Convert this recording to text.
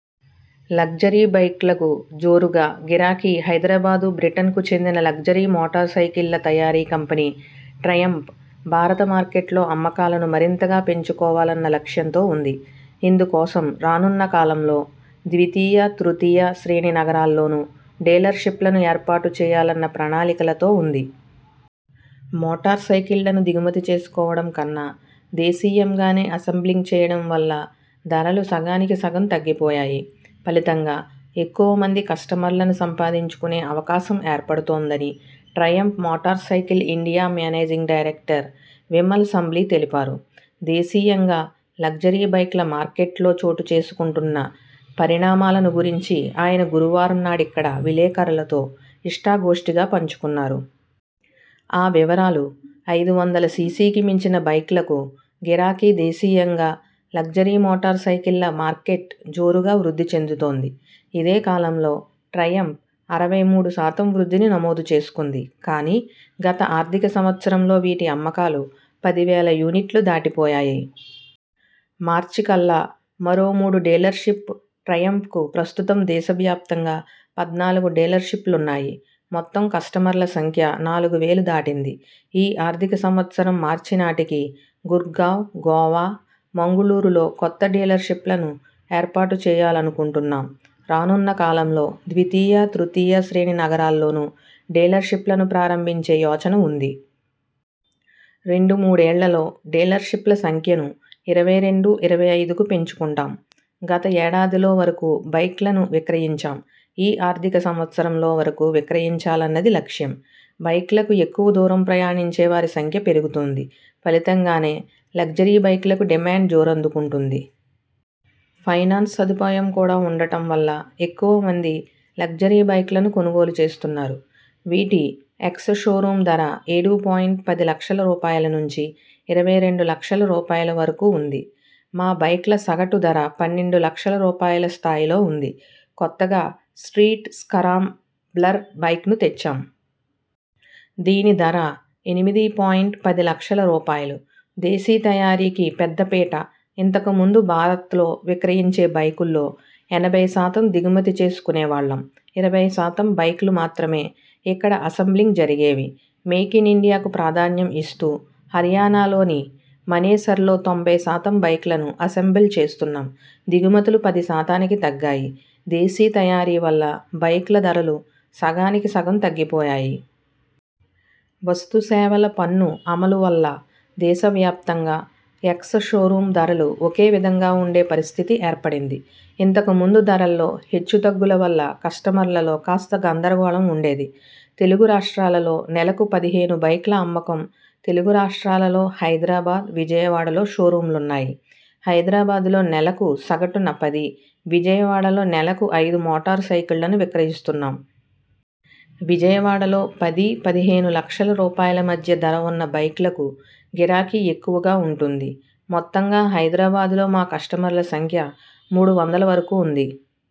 Luxury బైక్లకు జోరుగా గిరాకీ హైదరాబాద్ బ్రిటన్కు చెందిన లగ్జరీ మోటార్ సైకిల్ల్ల తయారీ కంపెనీ ట్రయంఫ్, భారత మార్కెట్లో అమ్మకాలను మరింతగా పెంచుకోవాలన్న లక్ష్యంతో ఉంది. ఇందు కోసం రానున్న కాలంలో ద్వితీయ, తృతీయ శ్రేణి నగరాల్లోనూ డీలర్ షిప్లను ఏర్పాటు చేయాలన్న ప్రణాళికలతో ఉంది. మోటార్ సైకిళ్ల ను దిగుమతి చేసుకోవడం కన్నా దేశీయం గానే అసెంబ్లింగ్ చేయడం వల్ల ధరలు సగానికి సగం తగ్గి పోయాయి. ఫలితంగా ఎక్కువ మంది కస్టమర్లను సంపాదించుకునే అవకాశం ఏర్పడుతోందని Triumph motorcycle India managing director Vimal Sambli తెలిపారు. దేశీయంగా లగ్జరీ బైక్ల మార్కెట్లో చోటు చేసుకుంటున్న పరిణామాలను గురించి ఆయన గురువారం నాడిక్కడ విలేకరులతో ఇష్టా గోష్టిగా పంచుకున్నారు. ఆ వివరాలు, ఐదు వందల సిసికి మించిన బైక్లకు గిరాకీ దేశీయంగా లగ్జరీ మోటార్ సైకిళ్ళ మార్కెట్ జోరుగా వృద్ధి చెందుతోంది. ఇదే కాలంలో ట్రయంఫ్ అరవై మూడు శాతం వృద్ధిని నమోదు చేసుకుంది. కానీ గత ఆర్థిక సంవత్సరంలో వీటి అమ్మకాలు పది వేల యూనిట్లు దాటి పోయాయి. మార్చి కల్లా మరో మూడు డీలర్ షిప్ ట్రయంఫ్‌కు ప్రస్తుతం దేశ వ్యాప్తంగా పద్నాలుగు డీలర్ షిప్లున్నాయి. మొత్తం కస్టమర్ల సంఖ్య నాలుగు వేలు దాటింది. ఈ ఆర్థిక సంవత్సరం మార్చి నాటికి గుర్గావ్, గోవా, మంగుళూరులో కొత్త డీలర్ షిప్లను ఏర్పాటు చేయాలనుకుంటున్నాం. రానున్న కాలంలో ద్వితీయ, తృతీయ శ్రేణి నగరాల్లోనూ డీలర్ షిప్లను ప్రారంభించే యోచన ఉంది. రెండు మూడేళ్లలో డీలర్ షిప్ల సంఖ్యను ఇరవై రెండు, ఇరవై ఐదుకు పెంచుకుంటాం గత ఏడాదిలో వరకు బైక్లను విక్రయించాం. ఈ ఆర్థిక సంవత్సరంలో వరకు విక్రయించాలన్నది లక్ష్యం. బైక్లకు ఎక్కువ దూరం ప్రయాణించే వారి సంఖ్య పెరుగుతోంది. ఫలితం గానే లగ్జరీ బైక్లకు డిమాండ్ జోరందు కుంటోంది. ఫైనాన్స్ సదు పాయం కూడా ఉండటం వల్ల ఎక్కువ మంది లగ్జరీ బైక్లను కొనుగోలు చేస్తున్నారు. వీటి ఎక్స్ షో రూమ్ ధర ఏడు పాయింట్ పది లక్షల రూపాయల నుంచి ఇరవై రెండు లక్షల రూపాయల వరకు ఉంది మా బైక్ల సగటు ధర పన్నెండు లక్షల రూపాయల స్థాయిలో ఉంది కొత్తగా స్ట్రీట్ స్కరామ్ బ్లర్ బైక్ను తెచ్చాం. దీని ధర ఎనిమిది పాయింట్ పది లక్షల రూపాయలు దేశీ తయారీకి పెద్దపీట ఇంతకు ముందు భారత్లో విక్రయించే బైకుల్లో ఎనభై శాతం దిగుమతి చేసుకునే వాళ్లం ఇరవై శాతం బైక్లు మాత్రమే ఇక్కడ అసెంబ్లింగ్ జరిగేవి మేక్ ఇన్ ఇండియాకు ప్రాధాన్యం ఇస్తూ హర్యానాలోని మనేసర్లో తొంభై శాతం బైక్లను అసెంబుల్ చేస్తున్నాం దిగుమతులు పది శాతానికి తగ్గాయి దేశీ తయారీ వల్ల బైక్ల ధరలు సగానికి సగం తగ్గి పోయాయి. వస్తు సేవల పన్ను అమలు వల్ల దేశ వ్యాప్తంగా ఎక్స్ షో రూమ్ ధరలు ఒకే విధంగా ఉండే పరిస్థితి ఏర్పడింది. ఇంతకు ముందు ధరల్లో హెచ్చు తగ్గుల వల్ల కస్టమర్ల లో కాస్త గందర గోళం ఉండేది. తెలుగు రాస్ట్రాలలో నెలకు పదిహేను బైక్ల అమ్మకం తెలుగు రాస్ట్రాలలో హైదరాబాద్, విజయవాడలో షోరూమ్లున్నాయి హైదరాబాద్లో నెలకు సగటున పది, విజయవాడలో నెలకు ఐదు మోటార్ సైకిళ్లను విక్రయిస్తున్నాం. విజయవాడలో పది, పదిహేను లక్షల రూపాయల మధ్య ధర ఉన్న బైక్లకు గిరాకీ ఎక్కువగా ఉంటోంది. మొత్తంగా హైదరాబాద్లో మా కస్టమర్ల సంఖ్య మూడు వందల వరకు ఉంది.